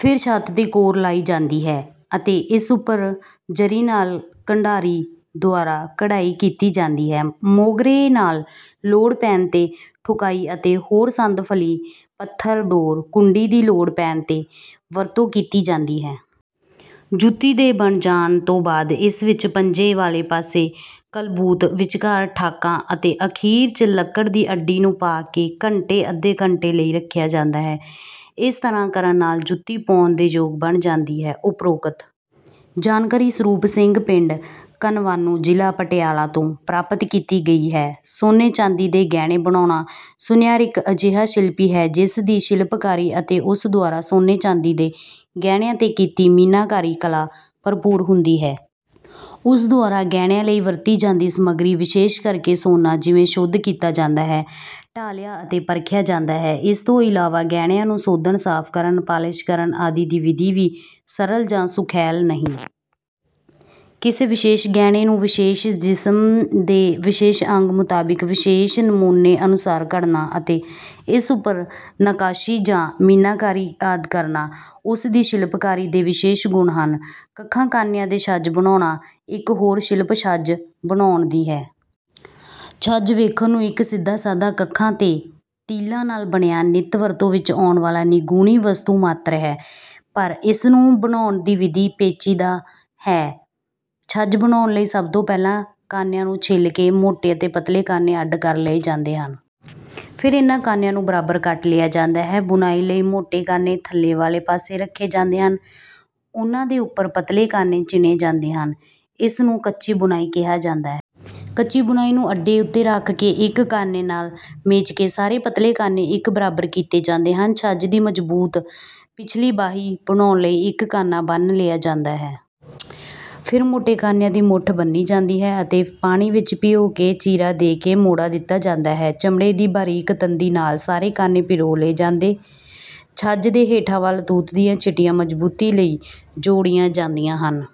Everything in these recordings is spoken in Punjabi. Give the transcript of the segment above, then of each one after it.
ਫਿਰ ਛੱਤ ਤੇ ਕੋਰ ਲਾਈ ਜਾਂਦੀ ਹੈ ਅਤੇ ਇਸ ਉੱਪਰ ਜਰੀ ਨਾਲ 'ਕੰਢਾਰੀ' ਦੁਆਰਾ ਕਢਾਈ ਕੀਤੀ ਜਾਂਦੀ ਹੈ। ਮੋਗਰੇ ਨਾਲ ਲੋੜ ਪੈਣ ਤੇ ਠੁਕਾਈ ਅਤੇ ਹੋਰ ਸੰਦ ਫਲੀ, ਪੱਥਰ, ਡੋਰ, ਕੁੰਡੀ, ਦੀ ਲੋੜ ਪੈਣ ਤੇ ਵਰਤੋਂ ਕੀਤੀ ਜਾਦੀਂ ਹੈ। ਜੁੱਤੀ ਦੇ ਬਣ ਜਾਣ ਤੋਂ ਬਾਦ ਇਸ ਵਿੱਚ ਪੰਜੇ ਵਾਲੇ ਪਾਸੇ ਕਲਬੂਤ, ਵਿਚਕਾਰ ਠਾਕਾ ਅਤੇ ਅਖੀਰ ਚ ਲੱਕੜ ਦੀ ਅੱਡੀ ਨੂੰ ਪਾ ਕੇ ਘੰਟੇ ਅੱਧੇ ਘੰਟੇ ਲਈ ਰੱਖਿਆ ਜਾਂਦਾ ਹੈ। ਇਸ ਤਰ੍ਹਾਂ ਕਰਨ ਨਾਲ ਜੁੱਤੀ ਪਾਉਣ ਦੇ ਯੋਗ ਬਣ ਜਾਂਦੀ ਹੈ।"ਉੱਪਰੋਕਤ ਜਾਣਕਾਰੀ ਸਰੂਪ ਸਿੰਘ ਪਿੰਡ, ਕਨਵਾਨੂੰ ਜ਼ਿਲ੍ਹਾ ਪਟਿਆਲਾ ਤੋਂ ਪ੍ਰਾਪਤ ਕੀਤੀ ਗਈ ਹੈ:ਸੋਨੇ-ਚਾਂਦੀ ਦੇ ਗਹਿਣੇ ਬਣਾਉਣਾ: ਸੁਨਿਆਰ ਇੱਕ ਅਜਿਹਾ ਸ਼ਿਲਪੀ ਹੈ, ਜਿਸ ਦੀ ਸ਼ਿਲਪਕਾਰੀ ਅਤੇ ਉਸ ਦੁਆਰਾ ਸੋਨੇ-ਚਾਂਦੀ ਦੇ ਗਹਿਣਿਆਂ ਤੇ ਕੀਤੀ ਮੀਨਾਕਾਰੀ ਕਲਾ ਭਰਪੂਰ ਹੁੰਦੀ ਹੈ। ਉਸ ਦੁਆਰਾ "ਗਹਿਣਿਆਂ ਲਈ ਵਰਤੀ ਜਾਂਦੀ ਸਮੱਗਰੀ ਵਿਸ਼ੇਸ਼ ਕਰ ਕੇ ਸੋਨਾ ਜਿਵੇਂ ਸ਼ੁੱਧ ਕੀਤਾ ਜਾਂਦਾ ਹੈ, ਢਾਲਿਆ ਅਤੇ ਪਰਖਿਆ ਜਾਂਦਾ ਹੈ। ਇਸ ਤੋਂ ਇਲਾਵਾਂ ਗਹਿਣਿਆਂ ਨੂੰ ਸੋਧਣ, ਸਾਫ਼ ਕਰਨ, ਪਾਲਸ਼ ਕਰਨ ਆਦਿ ਦੀ ਵਿਧੀ ਵੀ ਸਰਲ ਜਾਂ ਸੁਖੈਲ ਨਹੀਂ। ਕਿਸੇ ਵਿਸ਼ੇਸ਼ ਗਹਿਣੇ ਨੂੰ ਵਿਸ਼ੇਸ਼ ਜਿਸਮ ਦੇ ਵਿਸ਼ੇਸ਼ ਅੰਗ ਮੁਤਾਬਕ ਵਿਸ਼ੇਸ਼ ਨਮੂਨੇ ਅਨੁਸਾਰ ਘੜਨਾ ਅਤੇ ਇਸ ਉੱਪਰ ਨੱਕਾਸ਼ੀ ਜਾਂ ਮੀਨਾਕਾਰੀ ਆਦਿ ਕਰਨਾ। ਉਸ ਦੀ ਸ਼ਿਲਪਕਾਰੀ ਦੇ ਵਿਸ਼ੇਸ਼ ਗੁਣ ਹਨ। ਕੱਖਾਂ-ਕਾਨਿਆਂ ਦੇ ਛੱਜ ਬਣਾਉਣਾ: ਇਕ ਹੋਰ ਸ਼ਿਲਪ ਛੱਜ ਬਣਾਉਣ ਦੀ ਹੈ। "ਛੱਜ ਵੇਖਣ ਨੂੰ ਇੱਕ ਸਿੱਧਾ ਸਾਧਾ ਕੱਖਾਂ ਤੇ ਤੀਲਾਂ ਨਾਲ ਬਣਿਆ ਨਿਤ ਵਰਤੋਂ ਵਿੱਚ ਆਉਣ ਵਾਲਾ ਨਿਗੂਣੀ ਵਸਤੂ ਮਾਤਰ ਹੈ, ਪਰ ਇਸਨੂੰ ਬਣਾਉਣ ਦੀ ਵਿਧੀ ਪੇਚੀਦਾ ਹੈ। ਛੱਜ ਬਣਾਉਣ ਲਈ ਸਭ ਤੋਂ ਪਹਿਲਾਂ ਕਾਨਿਆਂ ਨੂੰ ਛਿੱਲ ਕੇ ਮੋਟੇ ਅਤੇ ਪਤਲੇ ਕਾਨੇ ਅੱਡ ਕਰ ਲਏ ਜਾਂਦੇ ਹਨ। ਫਿਰ ਇਨ੍ਹਾਂ ਕਾਨਿਆਂ ਨੂੰ ਬਰਾਬਰ ਕੱਟ ਲਿਆ ਜਾਂਦਾ ਹੈ। ਬੁਣਾਈ ਲਈ ਮੋਟੇ ਕਾਨੇ ਥੱਲੇ ਵਾਲੇ ਪਾਸੇ ਰਖੇ ਜਾਂਦੇ ਹਨ। ਉਨ੍ਹਾਂ ਦੇ ਉੱਪਰ ਪਤਲੇ ਕਾਨੇ ਚਿਣੇ ਜਾਂਦੇ ਹਨ। ਇਸ ਨੂੰ 'ਕੱਚੀ ਬੁਣਾਈ' ਕਿਹਾ ਜਾਂਦਾ ਹੈ। ਕੱਚੀ ਬੁਨਾਈ ਨੂੰ ਅੱਡੇ ਉੱਤੇ ਰਖ ਕੇ ਇੱਕ ਕਾਨੇ ਨਾਲ ਮੇਚ ਕੇ ਸਾਰੇ ਪਤਲੇ ਕਾਨੇ ਇੱਕ ਬਰਾਬਰ ਕੀਤੇ ਜਾਂਦੇ ਹਨ। ਛੱਜ ਦੀ ਮਜ਼ਬੂਤ ਪਿਛਲੀ ਬਾਹੀ ਬਣਾਉਣ ਲਈ ਇੱਕ ਕਾਨਾ ਬੰਨ੍ਹ ਲਿਆ ਜਾਂਦਾ ਹੈ। ਫਿਰ ਮੋਟੇ ਕਾਨਿਆਂ ਦੀ ਮੁੱਠ ਬੱਨ੍ਹੀ ਜਾਂਦੀ ਹੈ ਅਤੇ ਪਾਣੀ ਵਿੱਚ ਭਿਉਂਕੇ ਚੀਰਾ ਦੇ ਕੇ ਮੋੜਾ ਦਿਤਾ ਜਾਂਦਾ ਹੈ। ਚਮੜੇ ਦੀ ਬਾਰੀਕ ਤੰਦੀ ਨਾਲ ਸਾਰੇ ਕਾਨੇ ਪਿਰੋ ਲਏ ਜਾਂਦੇ। ਛੱਜ ਦੇ ਹੇਠਾਂ ਵਲ ਤੂਤ ਦੀਆਂ ਛਿਟੀਆਂ ਮਜ਼ਬੂਤੀ ਲਈ ਜੋੜੀਆਂ ਜਾਂਦੀਆਂ ਹਨ।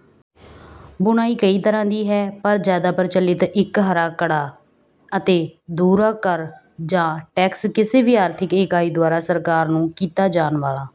ਬੁਨਾਈ ਕਈ ਤਰ੍ਹਾਂ ਦੀ ਹੈ। ਪਰ ਜਿਆਦਾ ਪ੍ਰਚਲਿਤ 'ਇਕ ਹਰਾ-ਕੜਾ' ਅਤੇ 'ਦੁਹਰਾ। ਕਰ ਜਾਂ ਟੈਕਸ ਕਿਸੇ ਵੀ ਆਰਥਿਕ ਇਕਾਈ ਦੁਆਰਾ ਸਰਕਾਰ ਨੂੰ ਕੀਤਾ ਜਾਣ ਵਾਲਾ...